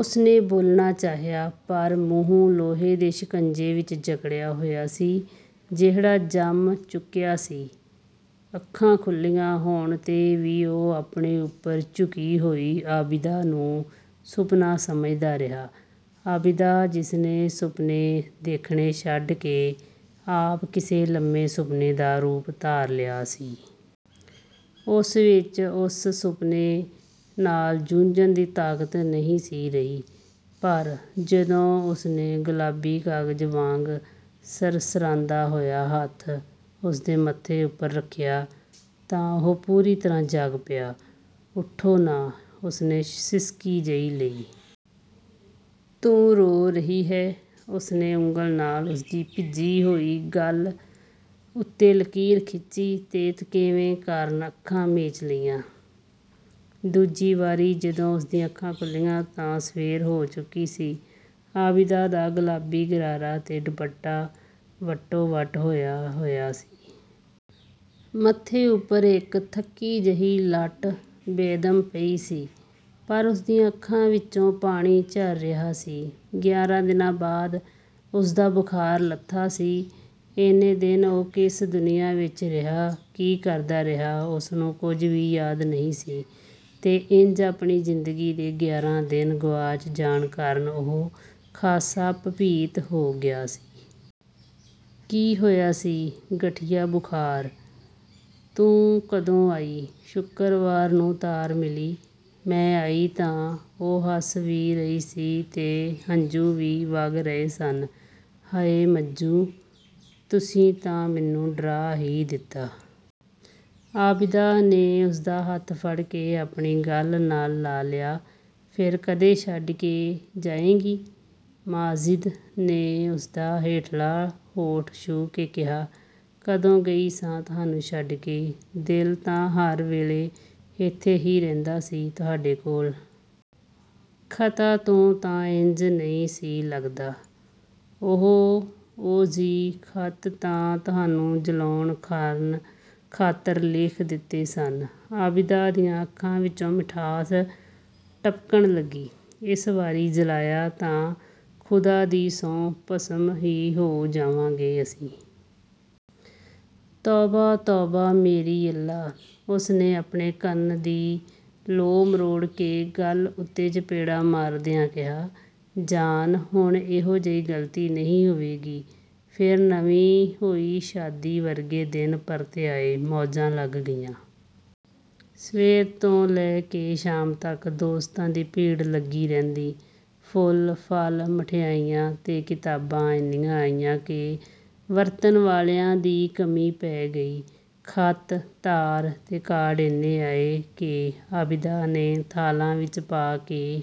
ਉਸਨੇ ਬੋਲਣਾ ਚਾਹਿਆ, ਪਰ ਮੂੰਹ ਲੋਹੇ ਦੇ ਸ਼ਿਕੰਜੇ ਵਿੱਚ ਜਕੜਿਆ ਹੋਇਆ ਸੀ ਜਿਹੜਾ ਜੰਮ ਚੁੱਕਿਆ ਸੀ। ਅੱਖਾਂ ਖੁੱਲ੍ਹੀਆਂ ਹੋਣ 'ਤੇ ਵੀ ਉਹ ਆਪਣੇ ਉੱਪਰ ਝੁਕੀ ਹੋਈ ਆਬਿਦਾ ਨੂੰ ਸੁਪਨਾ ਸਮਝਦਾ ਰਿਹਾ। ਆਬਿਦਾ, ਜਿਸਨੇ ਸੁਪਨੇ ਦੇਖਣੇ ਛੱਡ ਕੇ ਆਪ ਕਿਸੇ ਲੰਮੇ ਸੁਪਨੇ ਦਾ ਰੂਪ ਧਾਰ ਲਿਆ ਸੀ। ਉਸ ਵਿੱਚ ਉਸ ਸੁਪਨੇ ਨਾਲ ਜੂਝਣ ਦੀ ਤਾਕਤ ਨਹੀਂ ਸੀ ਰਹੀ। ਪਰ ਜਦੋਂ ਉਸਨੇ ਗੁਲਾਬੀ ਕਾਗਜ਼ ਵਾਂਗ ਸਰਸਰਾਂਦਾ ਹੋਇਆ ਹੱਥ ਉਸਦੇ ਮੱਥੇ ਉੱਪਰ ਰੱਖਿਆ ਤਾਂ ਉਹ ਪੂਰੀ ਤਰ੍ਹਾਂ ਜਾਗ ਪਿਆ।"ਉਠੋ ਨਾ।" ਉਸਨੇ ਸਿਸਕੀ ਜਿਹੀ ਲਈ। "ਤੂੰ ਰੋ ਰਹੀ ਹੈਂ?" ਉਸਨੇ ਉਂਗਲ ਨਾਲ ਉਸਦੀ ਭਿੱਜੀ ਹੋਈ ਗੱਲ੍ਹ ਉੱਤੇ ਲਕੀਰ ਖਿੱਚੀ ਤੇ ਥਕੇਵੇਂ ਕਾਰਨ ਅੱਖਾਂ ਮੀਚ ਲਈਆਂ। ਦੂਜੀ ਵਾਰੀ ਜਦੋਂ ਉਸਦੀਆਂ ਅੱਖਾਂ ਖੁੱਲ੍ਹੀਆਂ ਤਾਂ ਸਵੇਰ ਹੋ ਚੁੱਕੀ ਸੀ। ਆਬਿਦਾ ਦਾ ਗੁਲਾਬੀ ਗਰਾਰਾ ਤੇ ਦੁਪੱਟਾ ਵੱਟੋ-ਵੱਟਹੋਇਆ-ਹੋਇਆ ਸੀ। ਮੱਥੇ ਉੱਪਰ ਇੱਕ ਥੱਕੀ ਜਿਹੀ ਲੱਟ ਬੇਦਮ ਪਈ ਸੀ, ਪਰ ਉਸਦੀਆਂ ਅੱਖਾਂ ਵਿੱਚੋਂ ਪਾਣੀ ਝਰ ਰਿਹਾ ਸੀ। ਗਿਆਰਾਂ ਦਿਨਾਂ ਬਾਅਦ ਉਸਦਾ ਬੁਖਾਰ ਲੱਥਾ ਸੀ। ਇੰਨੇ ਦਿਨ ਉਹ ਕਿਸ ਦੁਨੀਆਂ ਵਿੱਚ ਰਿਹਾ, ਕੀ ਕਰਦਾ ਰਿਹਾ, ਉਸਨੂੰ ਕੁਝ ਵੀ ਯਾਦ ਨਹੀਂ ਸੀ ਤੇ ਇੰਜ ਆਪਣੀ ਜ਼ਿੰਦਗੀ ਦੇ ਗਿਆਰਾਂ ਦਿਨ ਗੁਆਚ ਜਾਣ ਕਾਰਨ ਉਹ ਖਾਸਾ ਭੈਭੀਤ ਹੋ ਗਿਆ ਸੀ। "ਕੀ ਹੋਇਆ ਸੀ?" "ਗਠੀਆ ਬੁਖ਼ਾਰ।" "ਤੂੰ ਕਦੋਂ ਆਈ?" "ਸ਼ੁਕਰਵਾਰ ਨੂੰ ਤਾਰ ਮਿਲੀ, ਮੈਂ ਆਈ ਤਾਂ" ਉਹ ਹੱਸ ਵੀ ਰਹੀ ਸੀ ਤੇ ਹੰਝੂ ਵੀ ਵਗ ਰਹੇ ਸਨ, "ਹਾਏ ਮੱਜੂ, ਤੁਸੀਂ ਤਾਂ ਮੈਨੂੰ ਡਰਾ ਹੀ ਦਿੱਤਾ।" ਆਬਿਦਾ ਨੇ ਉਸਦਾ ਹੱਥ ਫੜ ਕੇ ਆਪਣੀ ਗੱਲ੍ਹ ਨਾਲ ਲਾ ਲਿਆ। "ਫਿਰ ਕਦੇ ਛੱਡ ਕੇ ਜਾਏਂਗੀ?" ਮਾਜਿਦ ਨੇ ਉਸਦਾ ਹੇਠਲਾ ਹੋਂਠ ਛੂਹ ਕੇ ਕਿਹਾ। "ਕਦੋਂ ਗਈ ਸਾਂ ਤੁਹਾਨੂੰ ਛੱਡ ਕੇ, ਦਿਲ ਤਾਂ ਹਰ ਵੇਲੇ ਇੱਥੇ ਹੀ ਹੁੰਦਾ ਸੀ ਤੁਹਾਡੇ ਕੋਲ।" "ਖ਼ਤਾਂ ਤੋਂ ਤਾਂ ਇੰਜ ਨਹੀਂ ਸੀ ਲੱਗਦਾ।" "ਉਹ! ਓ-ਜੀ, ਖ਼ਤ ਤਾਂ ਤੁਹਾਨੂੰ ਜਲਾਉਣ ਖਾਤਰ ਲਿਖ ਦਿੱਤੇ ਸਨ।" ਆਬਿਦਾ ਦੀਆਂ ਅੱਖਾਂ ਵਿੱਚੋਂ ਮਿਠਾਸ ਟਪਕਣ ਲੱਗੀ। "ਇਸ ਵਾਰੀ ਜਲਾਇਆ ਤਾਂ ਖ਼ੁਦਾ ਦੀ ਸਹੁੰ ਭਸਮ ਹੀ ਹੋ ਜਾਵਾਂਗੇ ਅਸੀਂ।" "ਤੌਬਾ! ਤੌਬਾ ਮੇਰੀ! ਅੱਲਾ" ਉਸਨੇ ਆਪਣੇ ਕੰਨ ਦੀ ਲੌਂਅ ਮਰੋੜ ਕੇ, ਗੱਲ੍ਹ ਉੱਤੇ ਚਪੇੜਾਂ ਮਾਰਦਿਆਂ ਕਿਹਾ, "ਜਾਨ ਹੁਣ ਇਹੋ ਜਿਹੀ ਗ਼ਲਤੀ ਨਹੀਂ ਹੋਵੇਗੀ।" ਫਿਰ ਨਵੀਂ ਹੋਈ ਸ਼ਾਦੀ ਵਰਗੇ ਦਿਨ ਪਰਤ ਆਏ, ਮੌਜਾਂ ਲੱਗ ਗਈਆਂ। ਸਵੇਰ ਤੋਂ ਲੈ ਕੇ ਸ਼ਾਮ ਤੱਕ ਦੋਸਤਾਂ ਦੀ ਭੀੜ ਲੱਗੀ ਰਹਿੰਦੀ। ਫੁੱਲ, ਫਲ, ਮਿਠਿਆਈਆਂ ਤੇ ਕਿਤਾਬਾਂ ਇੰਨੀਆਂ ਆਈਆਂ ਕਿ ਵਰਤਣ ਵਾਲਿਆਂ ਦੀ ਕਮੀ ਪੈ ਗਈ। ਖ਼ਤ, ਤਾਰ ਤੇ ਕਾਰਡ ਇੰਨੇ ਆਏ ਕਿ ਆਬਿਦਾ ਨੇ ਥਾਲਾਂ ਵਿੱਚ ਪਾ ਕੇ